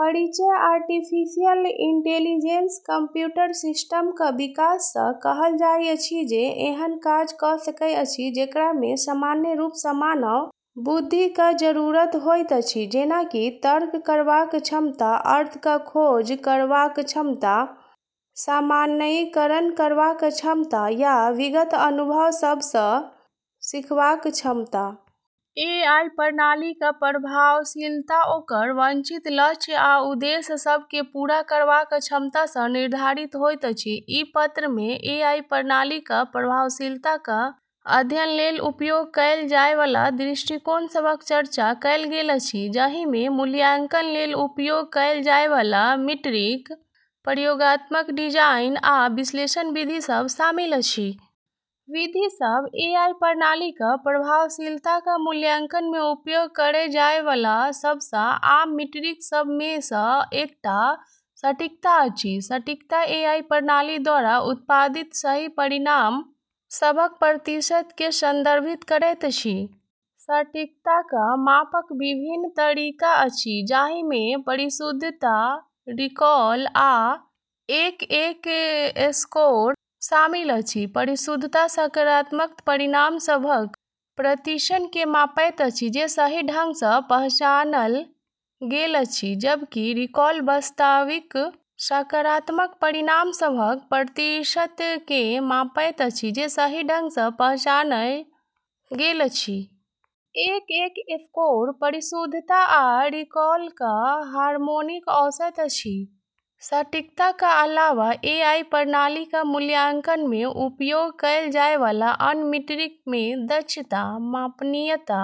परिचय artificial intelligence computer सिस्टमक विकास सँ कहल जाइत अछि जे एहन काज कऽ सकैत अछि जेकरा मे सामान्य रूप सँ मानव बुद्धिक जरूरत होइत अछि, जेना कि तर्क करबाक क्षमता, अर्थक खोज करबाक क्षमता, सामान्यीकरण करबाक क्षमता या विगत अनुभव सभ सँ सीखबाक क्षमता। एआई प्रणालीक प्रभावशीलता ओकर वांछित लक्ष्य आ उद्देश्य सभ केँ पूरा करबाक क्षमता सँ निर्धारित होइत अछि। ई पत्र मे एआई प्रणालीक प्रभावशीलताक अध्ययन लेल उपयोग कएल जाए बला दृष्टिकोण सभक चर्चा कएल गेल अछि, जाहि मे मूल्यांकन लेल उपयोग कएल जाए बला मीट्रिक, प्रयोगात्मक डिजाइन, आ विश्लेषण विधि सभ शामिल अछि। विधि सभ एआई प्रणालीक प्रभावशीलताक मूल्यांकन मे उपयोग कएल जाए बला सब सँ आम मीट्रिक सभ मे सँ एकटा 'सटीकता' अछि। सटीकता एआई प्रणाली द्वारा उत्पादित सही परिणाम सभक प्रतिशत केँ संदर्भित करैत अछि। सटीकताक मापक विभिन्न तरीका अछि, जाहि मे परिशुद्धता, रिकॉल, आ एफ-एक स्कोर शामिल अछि। परिशुद्धता सकारात्मक परिणाम सभक प्रतिशत केँ मापैत अछि जे सही ढंग सँ पहचानल गेल अछि, जबकि रिकॉल वास्तविक सकारात्मक परिणाम सभक प्रतिशत केँ मापैत अछि जे सही ढंग सँ पहचानल गेल अछि। एफ-एक स्कोर परिशुद्धता आ रिकॉलक हार्मोनिक औसत अछि। सटीकताक अलावा, एआई प्रणालीक मूल्यांकन मे उपयोग कएल जाए बला अन्य मीट्रिक मे दक्षता, मापनीयता,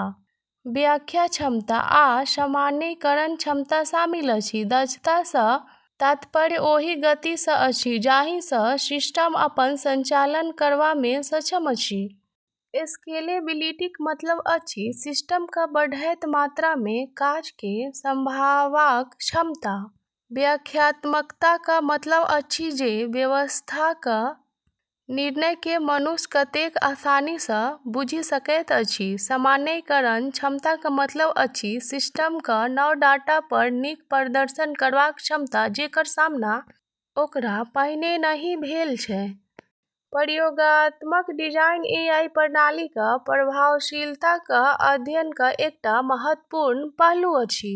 व्याख्या क्षमता, आ सामान्यीकरण क्षमता शामिल अछि। दक्षता सँ तात्पर्य ओहि गति सँ अछि जाहि सँ सिस्टम अपन संचालन करबा मे सक्षम अछि। स्केलेबिलिटीक मतलब अछि सिस्टमक बढ़ैत मात्रा मे काज केँ सँभाळबाक क्षमता। व्याख्यात्मकताक मतलब अछि जे व्यवस्थाक निर्णय केँ मनुष्य कतेक आसानी सँ बुझि सकैत अछि। सामान्यीकरण क्षमताक मतलब अछि सिस्टमक नव डाटा पर नीक प्रदर्शन करबाक क्षमता जेकर सामना ओकरा पहिने नहि भेल छै। प्रयोगात्मक डिजाइन एआई प्रणालीक प्रभावशीलताक अध्ययनक एकटा महत्वपूर्ण पहलू अछि।